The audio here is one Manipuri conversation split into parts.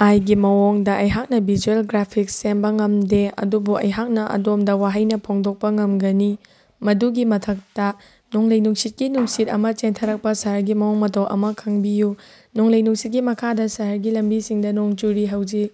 ꯑꯥꯏ ꯒꯤ ꯃꯑꯣꯡꯗ ꯑꯩꯍꯥꯛꯅ ꯚꯤꯖꯨꯑꯦꯜ ꯒ꯭ꯔꯥꯐꯤꯛꯁ ꯁꯦꯝꯕ ꯉꯝꯗꯦ꯫ ꯑꯗꯨꯕꯨ ꯑꯩꯍꯥꯛꯅ ꯑꯗꯣꯝꯗ ꯋꯥꯍꯩꯅ ꯐꯣꯡꯗꯣꯛꯄ ꯉꯝꯒꯅꯤ꯫ ꯃꯗꯨꯒꯤ ꯃꯊꯛꯇ ꯅꯣꯡꯂꯩ ꯅꯨꯡꯁꯤꯠꯀꯤ ꯅꯨꯡꯁꯤꯠ ꯑꯃꯥ ꯆꯦꯟꯊꯔꯛꯄꯥ ꯁꯍꯔꯒꯤ ꯃꯑꯣꯡ ꯃꯇꯧ ꯑꯃ ꯈꯪꯕꯤꯌꯨ꯫ ꯅꯣꯡꯂꯩ ꯅꯨꯡꯁꯤꯠꯀꯤ ꯃꯈꯥꯗ ꯁꯍꯔꯒꯤ ꯂꯝꯕꯤꯁꯤꯡꯗ ꯅꯣꯡ ꯆꯨꯔꯤ꯫ ꯍꯧꯖꯤꯛ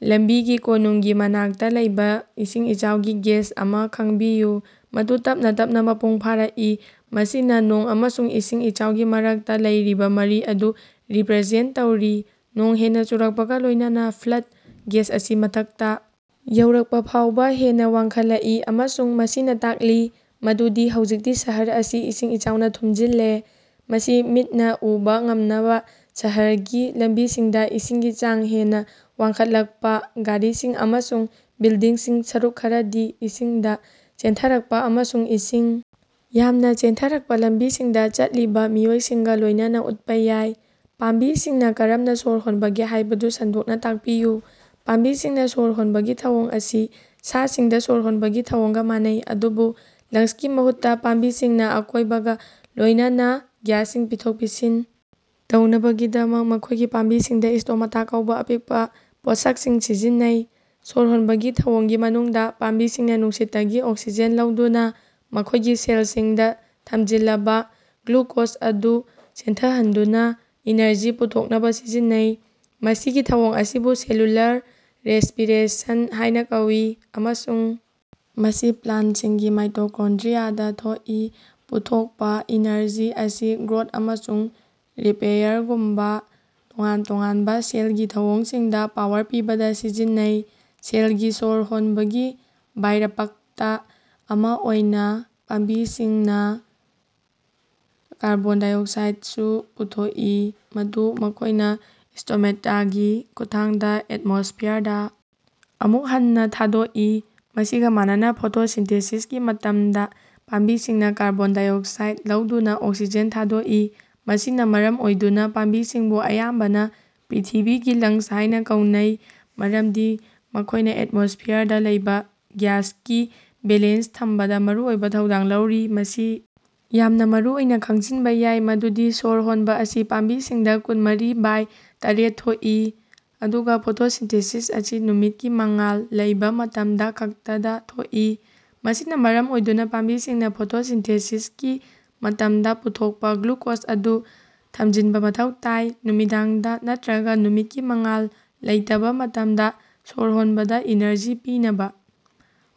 ꯂꯝꯕꯤꯒꯤ ꯀꯣꯅꯨꯡꯒꯤ ꯃꯅꯥꯛꯇ ꯂꯩꯕ ꯏꯁꯤꯡ ꯏꯆꯥꯎꯒꯤ ꯒꯦꯖ ꯑꯃ ꯈꯪꯕꯤꯌꯨ ꯃꯗꯨ ꯇꯞꯅꯥ ꯇꯞꯅꯥ ꯃꯄꯨꯡ ꯐꯥꯔꯛꯏ ꯃꯁꯤꯅꯥ ꯅꯣꯡ ꯑꯃꯁꯨꯡ ꯏꯁꯤꯡ ꯏꯆꯥꯎꯒꯤ ꯃꯔꯛꯇ ꯂꯩꯔꯤꯕ ꯃꯔꯤ ꯑꯗꯨ ꯔꯤꯄꯔꯖꯦꯟꯇ ꯇꯧꯔꯤ꯫ ꯅꯣꯡ ꯍꯦꯟꯅꯥ ꯆꯨꯔꯛꯄꯒ ꯂꯣꯏꯅꯅꯥ ꯐ꯭ꯂꯗ ꯒꯦꯖ ꯑꯁꯤ ꯃꯊꯛꯇ ꯌꯧꯔꯛꯄ ꯐꯥꯎꯕꯥ ꯍꯦꯟꯅ ꯋꯥꯡꯈꯠꯂꯛꯏ ꯑꯃꯁꯨꯡ ꯃꯁꯤꯅ ꯇꯥꯛꯂꯤ ꯃꯗꯨꯗꯤ ꯍꯧꯖꯤꯛꯇꯤ ꯁꯍꯔ ꯑꯁꯤ ꯏꯁꯤꯡ ꯏꯆꯥꯎꯅ ꯊꯨꯝꯖꯤꯜꯂꯦ꯫ ꯃꯁꯤ ꯃꯤꯠꯅꯥ ꯎꯕꯥ ꯉꯝꯅꯕꯥ ꯁꯍꯔꯒꯤ ꯂꯝꯕꯤꯁꯤꯡꯗ ꯏꯁꯤꯡꯒꯤ ꯆꯥꯡ ꯍꯦꯟꯅ ꯋꯥꯡꯈꯠꯂꯛꯄ ꯒꯥꯔꯤꯁꯤꯡ ꯑꯃꯁꯨꯡ ꯕꯤꯜꯗꯤꯡꯁꯤꯡ ꯁꯔꯨꯛ ꯈꯔꯗꯤ ꯏꯁꯤꯡꯗ ꯆꯦꯟꯊꯔꯛꯄ ꯑꯃꯁꯨꯡ ꯏꯁꯤꯡ ꯌꯥꯝꯅ ꯆꯦꯟꯊꯔꯛꯄ ꯂꯝꯕꯤꯁꯤꯡꯗ ꯆꯠꯂꯤꯕ ꯃꯤꯑꯣꯏꯁꯤꯡꯒ ꯂꯣꯏꯅꯅꯥ ꯎꯠꯄ ꯌꯥꯏ꯫ ꯄꯥꯝꯕꯤꯁꯤꯡꯅ ꯀꯔꯝꯅ ꯁꯣꯔ ꯍꯣꯟꯕꯒꯦ ꯍꯥꯏꯕꯗꯨ ꯁꯟꯗꯣꯛꯅ ꯇꯥꯛꯄꯤꯌꯨ꯫ ꯄꯥꯝꯕꯤꯁꯤꯡꯅ ꯁꯣꯔ ꯍꯣꯟꯕꯒꯤ ꯊꯧꯑꯣꯡ ꯑꯁꯤ ꯁꯥꯁꯤꯡꯗꯥ ꯁꯣꯔ ꯍꯣꯟꯕꯒꯤ ꯊꯧꯑꯣꯡꯒ ꯃꯥꯟꯅꯩ ꯑꯗꯨꯕꯨ ꯂꯪꯁꯀꯤ ꯃꯍꯨꯠꯇꯥ ꯄꯥꯝꯕꯤꯁꯤꯡꯅ ꯑꯀꯣꯏꯕꯒ ꯂꯣꯏꯅꯅꯥ ꯒ꯭ꯌꯥꯁꯁꯤꯡ ꯄꯤꯊꯣꯛ ꯄꯤꯁꯤꯟ ꯇꯧꯅꯕꯒꯤꯗꯃꯛ ꯃꯈꯣꯏꯒꯤ ꯄꯥꯝꯕꯤꯁꯤꯡꯗ ꯁ꯭ꯇꯣꯃꯇꯥ ꯀꯧꯕ ꯑꯄꯤꯛꯄ ꯄꯣꯠꯁꯛꯁꯤꯡ ꯁꯤꯖꯤꯟꯅꯩ꯫ ꯁꯣꯔ ꯍꯣꯟꯕꯒꯤ ꯊꯧꯑꯣꯡꯒꯤ ꯃꯅꯨꯡꯗꯥ, ꯄꯥꯝꯕꯤꯁꯤꯡꯅꯥ ꯅꯨꯡꯁꯤꯠꯇꯒꯤ ꯑꯣꯛꯁꯤꯖꯦꯟ ꯂꯧꯗꯨꯅ ꯃꯈꯣꯏꯒꯤ ꯁꯦꯜꯁꯤꯡꯗꯥ ꯊꯝꯖꯤꯜꯂꯕꯥ ꯒ꯭ꯂꯨꯀꯣꯖ ꯑꯗꯨ ꯆꯦꯟꯊꯍꯟꯗꯨꯅꯥ ꯑꯦꯅꯔꯖꯤ ꯄꯨꯊꯣꯛꯅꯕꯥ ꯁꯤꯖꯤꯟꯅꯩ꯫ ꯃꯁꯤꯒꯤ ꯊꯧꯑꯣꯡ ꯑꯁꯤꯕꯨ ꯁꯦꯜꯂꯨꯂꯔ ꯔꯦꯁ꯭ꯄꯤꯔꯦꯁꯟ ꯍꯥꯏꯅ ꯀꯧꯏ ꯑꯃꯁꯨꯡ ꯃꯁꯤ ꯄ꯭ꯂꯥꯟꯇ ꯁꯤꯡꯒꯤ ꯃꯥꯏꯇꯣꯀꯣꯟꯗ꯭ꯔꯤꯌꯥꯗ ꯊꯣꯛꯏ꯫ ꯄꯨꯊꯣꯛꯄꯥ ꯏꯅꯔꯖꯤ ꯑꯁꯤ ꯒ꯭ꯔꯣꯊ ꯑꯃꯁꯨꯡ ꯔꯤꯄꯦꯌꯔꯒꯨꯝꯕꯥ ꯇꯣꯉꯥꯟ ꯇꯣꯉꯥꯟꯕ ꯁꯦꯜꯒꯤ ꯊꯧꯑꯣꯡꯁꯤꯡꯗ ꯄꯥꯋꯔ ꯄꯤꯕꯗ ꯁꯤꯖꯤꯟꯅꯩ꯫ ꯁꯦꯜꯒꯤ ꯁꯣꯔ ꯍꯣꯟꯕꯒꯤ ꯕꯥꯏꯔꯄꯛꯇ ꯑꯃ ꯑꯣꯏꯅ ꯄꯥꯝꯕꯤꯁꯤꯡꯅ ꯀꯥꯔꯕꯣꯟ ꯗꯥꯏꯑꯣꯛꯁꯥꯏꯗꯁꯨ ꯄꯨꯊꯣꯛꯏ ꯃꯗꯨ ꯃꯈꯣꯏꯅ ꯁ꯭ꯇꯣꯃꯦꯇꯒꯤ ꯈꯨꯠꯊꯥꯡꯗ ꯑꯦꯠꯃꯣꯁ꯭ꯐꯤꯌꯔꯗ ꯑꯃꯨꯛ ꯍꯟꯅꯥ ꯊꯥꯗꯣꯛꯏ꯫ ꯃꯁꯤꯒ ꯃꯥꯟꯅꯅꯥ ꯐꯣꯇꯣꯁꯤꯟꯊꯦꯁꯤꯁꯀꯤ ꯃꯇꯝꯗ ꯄꯥꯝꯕꯤꯁꯤꯡꯅ ꯀꯥꯔꯕꯣꯟ ꯗꯥꯏꯑꯣꯛꯁꯥꯏꯗ ꯂꯧꯗꯨꯅ ꯑꯣꯛꯁꯤꯖꯦꯟ ꯊꯥꯗꯣꯛꯏ꯫ ꯃꯁꯤꯅ ꯃꯔꯝ ꯑꯣꯏꯗꯨꯅ ꯄꯥꯝꯕꯤꯁꯤꯡꯕꯨ ꯑꯌꯥꯝꯕꯅ "ꯄ꯭ꯔꯤꯊꯤꯕꯤꯒꯤ ꯂꯪꯁ" ꯍꯥꯏꯅ ꯀꯧꯅꯩ ꯃꯔꯝꯗꯤ ꯃꯈꯣꯏꯅ ꯑꯦꯠꯃꯣꯁ꯭ꯐꯤꯌꯔꯗ ꯂꯩꯕ ꯒ꯭ꯌꯥꯁꯀꯤ ꯕꯦꯂꯦꯟꯁ ꯊꯝꯕꯗ ꯃꯔꯨꯑꯣꯏꯕ ꯊꯧꯗꯥꯡ ꯂꯧꯔꯤ꯫ ꯃꯁꯤ ꯌꯥꯝꯅ ꯃꯔꯨꯑꯣꯏꯅ ꯈꯪꯁꯤꯟꯕ ꯌꯥꯏ ꯃꯗꯨꯗꯤ ꯁꯣꯔ ꯍꯣꯟꯕꯥ ꯑꯁꯤ ꯄꯥꯝꯕꯤꯁꯤꯡꯗ ꯀꯨꯟꯃꯔꯤ ꯕꯥꯏ ꯇꯔ‌ꯦꯠ ꯊꯣꯛꯏ ꯑꯗꯨꯒ ꯐꯣꯇꯣꯁꯤꯟꯊꯦꯁꯤꯁ ꯑꯁꯤ ꯅꯨꯃꯤꯠꯀꯤ ꯃꯉꯥꯜ ꯂꯩꯕ ꯃꯇꯝꯗ ꯈꯛꯇꯗꯥ ꯊꯣꯛꯏ꯫ ꯃꯁꯤꯅ ꯃꯔꯝ ꯑꯣꯏꯗꯨꯅ ꯄꯥꯝꯕꯤꯁꯤꯡꯅ ꯐꯣꯇꯣꯁꯤꯟꯊꯦꯁꯤꯁꯀꯤ ꯃꯇꯝꯗꯥ ꯄꯨꯊꯣꯛꯄꯥ ꯒ꯭ꯂꯨꯀꯣꯖ ꯑꯗꯨ ꯊꯝꯖꯤꯟꯕ ꯃꯊꯧ ꯇꯥꯏ ꯅꯨꯃꯤꯗꯥꯡꯗ ꯅꯠꯇꯔꯒ ꯅꯨꯃꯤꯠꯀꯤ ꯃꯉꯥꯜ ꯂꯩꯇꯕꯥ ꯃꯇꯝꯗ ꯁꯣꯔ ꯍꯣꯟꯕꯗ ꯏꯅꯔꯖꯤ ꯄꯤꯅꯕꯥ꯫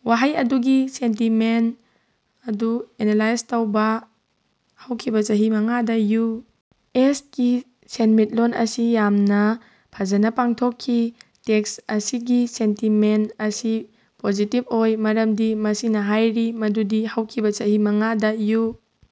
ꯋꯥꯍꯩ ꯑꯗꯨꯒꯤ ꯁꯦꯟꯇꯤꯃꯦꯟꯇ ꯑꯗꯨ ꯑꯦꯅꯥꯂꯥꯏꯖ ꯇꯧꯕ꯫ ꯍꯧꯈꯤꯕ ꯆꯍꯤ ꯃꯉꯥꯗ ꯌꯨ ꯑꯦꯁ ꯀꯤ ꯁꯦꯟꯃꯤꯠꯂꯣꯟ ꯑꯁꯤ ꯌꯥꯝꯅ ꯐꯖꯅ ꯄꯥꯡꯊꯣꯛꯈꯤ꯫ ꯇꯦꯛꯁ ꯑꯁꯤꯒꯤ ꯁꯦꯟꯇꯤꯃꯦꯟꯇ ꯑꯁꯤ ꯄꯣꯖꯤꯇꯤꯕ ꯑꯣꯏ ꯃꯔꯝꯗꯤ ꯃꯁꯤꯅ ꯍꯥꯏꯔꯤ ꯃꯗꯨꯗꯤ ꯍꯧꯈꯤꯕ ꯆꯍꯤ ꯃꯉꯥꯗ ꯌꯨ